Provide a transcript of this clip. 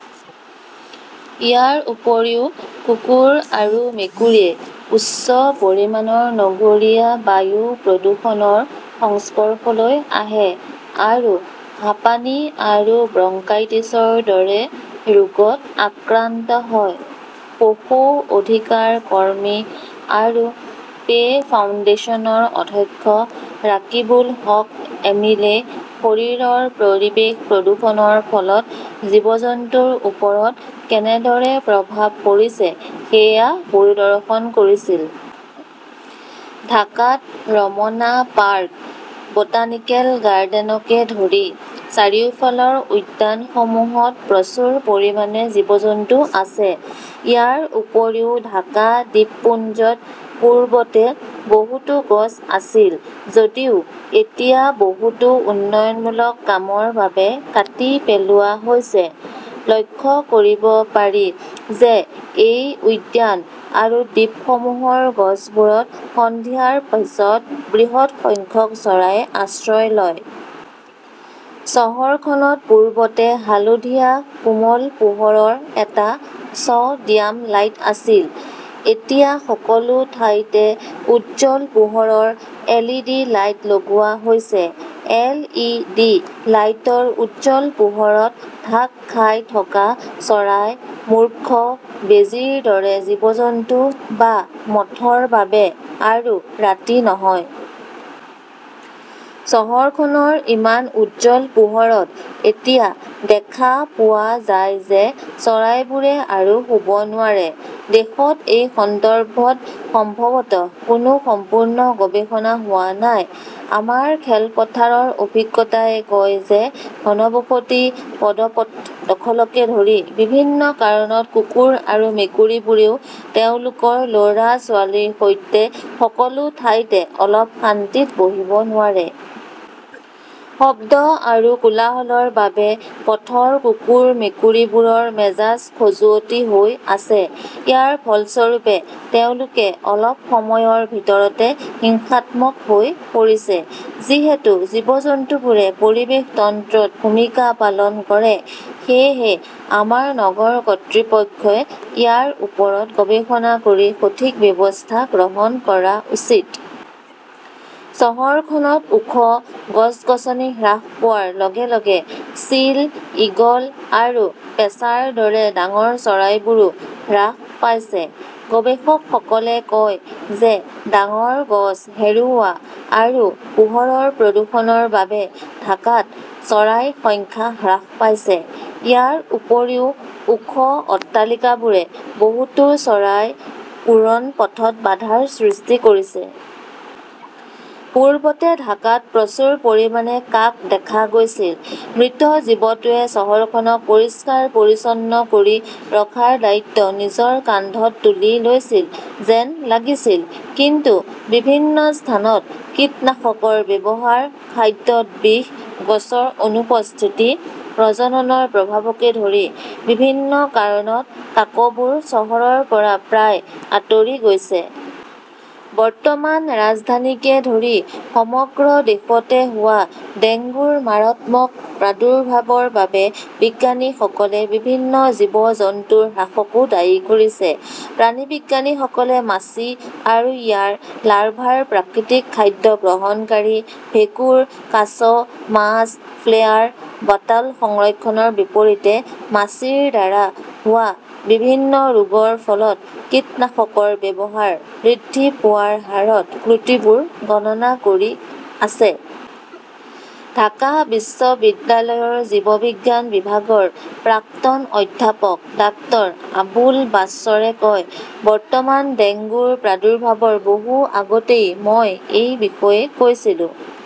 ইয়াৰ উপৰিও কুকুৰ আৰু মেকুৰীয়ে উচ্চ পৰিমাণৰ নগৰীয়া বায়ু প্ৰদূষণৰ সংস্পৰ্শলৈ আহে আৰু হাঁপানি আৰু ব্ৰংকাইটিছৰ দৰে ৰোগত আক্ৰান্ত হয়। পশু অধিকাৰ কৰ্মী আৰু পে ফাউণ্ডেশ্যনৰ অধ্যক্ষ ৰাকিবুল হক এমিলে শৰীৰৰ পৰিৱেশ প্ৰদূষণৰ ফলত জীৱ-জন্তুৰ ওপৰত কেনেদৰে প্ৰভাৱ পৰিছে সেয়া পৰিদৰ্শন কৰিছিল। "ঢাকাত ৰমনা পাৰ্ক, বোটানিকেল গাৰ্ডেনকে ধৰি চাৰিওফালৰ উদ্যানসমূহত প্ৰচুৰ পৰিমাণে জীৱ-জন্তু আছে। ইয়াৰ উপৰিও ঢাকা দ্বীপপুঞ্জত পূৰ্বতে বহুতো গছ আছিল, যদিও এতিয়া বহুতো উন্নয়নমূলক কামৰ বাবে কাটি পেলোৱা হৈছে। লক্ষ্য কৰিব পাৰি যে এই উদ্যান আৰু দ্বীপসমূহৰ গছবোৰত সন্ধিয়াৰ পিছত বৃহৎ সংখ্যক চৰাইয়ে আশ্ৰয় লয়। চহৰখনত পূৰ্বতে হালধীয়া কোমল পোহৰৰ এটা চ 'ডিয়াম লাইট আছিল। এতিয়া সকলো ঠাইতে উজ্জ্বল পোহৰৰ এলইডি লাইট লগোৱা হৈছে। এল. ই. ডি. লাইটৰ উজ্জ্বল পোহৰত ঢাক খাই থকা চৰাই, মূৰ্খ, বেজীৰ দৰে জীৱ-জন্তু বা মথৰ বাবে আৰু ৰাতি নহয়। চহৰখনৰ ইমান উজ্জ্বল পোহৰত এতিয়া দেখা পোৱা যায় যে চৰাইবোৰে আৰু শুব নোৱাৰে। দেশত এই সন্দৰ্ভত সম্ভৱতঃ কোনো সম্পূৰ্ণ গৱেষণা হোৱা নাই। আমাৰ খেলপথাৰৰ অভিজ্ঞতাই কয় যে ঘনবসতি, পদপথ দখলকে ধৰি বিভিন্ন কাৰণত কুকুৰ আৰু মেকুৰীবোৰেও তেওঁলোকৰ ল "ৰা-ছোৱালীৰ সৈতে সকলো ঠাইতে অলপ শান্তিত বহিব নোৱাৰে। শব্দ আৰু কোলাহলৰ বাবে পথৰ কুকুৰ-মেকুৰীবোৰৰ মেজাজ খজুৱতি হৈ আছে। ইয়াৰ ফলস্বৰূপে, তেওঁলোকে অলপ সময়ৰ ভিতৰতে হিংসাত্মক হৈ পৰিছে। যিহেতু জীৱ-জন্তুবোৰে পৰিৱেশ তন্ত্ৰত ভূমিকা পালন কৰে, সেয়েহে আমাৰ নগৰ কৰ্তৃপক্ষই ইয়াৰ ওপৰত গৱেষণা কৰি সঠিক ব্যৱস্থা গ্ৰহণ কৰা উচিত। চহৰখনত ওখ গছ-গছনি হ্ৰাস পোৱাৰ লগে লগে চিল, ঈগল আৰু পেঁচাৰ দৰে ডাঙৰ চৰাইবোৰো হ্ৰাস পাইছে। গৱেষকসকলে কয় যে ডাঙৰ গছ হেৰুওৱা আৰু পোহৰৰ প্ৰদূষণৰ বাবে ঢাকাত চৰাইৰ সংখ্যা হ্ৰাস পাইছে। ইয়াৰ উপৰিও, ওখ অট্টালিকাবোৰে বহুতো চৰাইৰ উৰণপথত বাধাৰ সৃষ্টি কৰিছে। পূৰ্বতে ঢাকাত প্ৰচুৰ পৰিমাণে কাক দেখা গৈছিল। মৃত জীৱটোৱে চহৰখনক পৰিষ্কাৰ-পৰিচ্ছন্ন কৰি ৰখাৰ দায়িত্ব নিজৰ কান্ধত তুলি লৈছিল যেন লাগিছিল। কিন্তু বিভিন্ন স্থানত কীটনাশকৰ ব্যৱহাৰ, খাদ্যত বিষ, গছৰ অনুপস্থিতি, প্ৰজননৰ প্ৰভাৱকে ধৰি বিভিন্ন কাৰণত কাকবোৰ চহৰৰ পৰা প্ৰায় আঁতৰি গৈছে। বৰ্তমান ৰাজধানীকে ধৰি সমগ্ৰ দেশতে হোৱা ডেংগুৰ মাৰাত্মক প্ৰাদুৰ্ভাৱৰ বাবে বিজ্ঞানীসকলে বিভিন্ন জীৱ-জন্তুৰ হ্ৰাসকো দায়ী কৰিছে। প্ৰাণীবিজ্ঞানীসকলে মাছি আৰু ইয়াৰ লাৰ্ভাৰ প্ৰাকৃতিক খাদ্য গ্ৰহণকাৰী ভেঁকুৰ, কাছ, মাছ, ফ্লেয়াৰ, বাটল সংৰক্ষণৰ বিপৰীতে মাছিৰ দ্বাৰা হোৱা বিভিন্ন ৰোগৰ ফলত কীটনাশকৰ ব্যৱহাৰ বৃদ্ধি পোৱাৰ হাৰত ত্ৰুটিবোৰ গণনা কৰি আছে। ঢাকা বিশ্ববিদ্যালয়ৰ জীৱবিজ্ঞান বিভাগৰ প্ৰাক্তন অধ্যাপক ডাঃ আবুল বাশ্বৰে কয়, "বৰ্তমান ডেংগুৰ প্ৰাদুৰ্ভাৱৰ বহু আগতেই মই এই বিষয়ে কৈছিলো।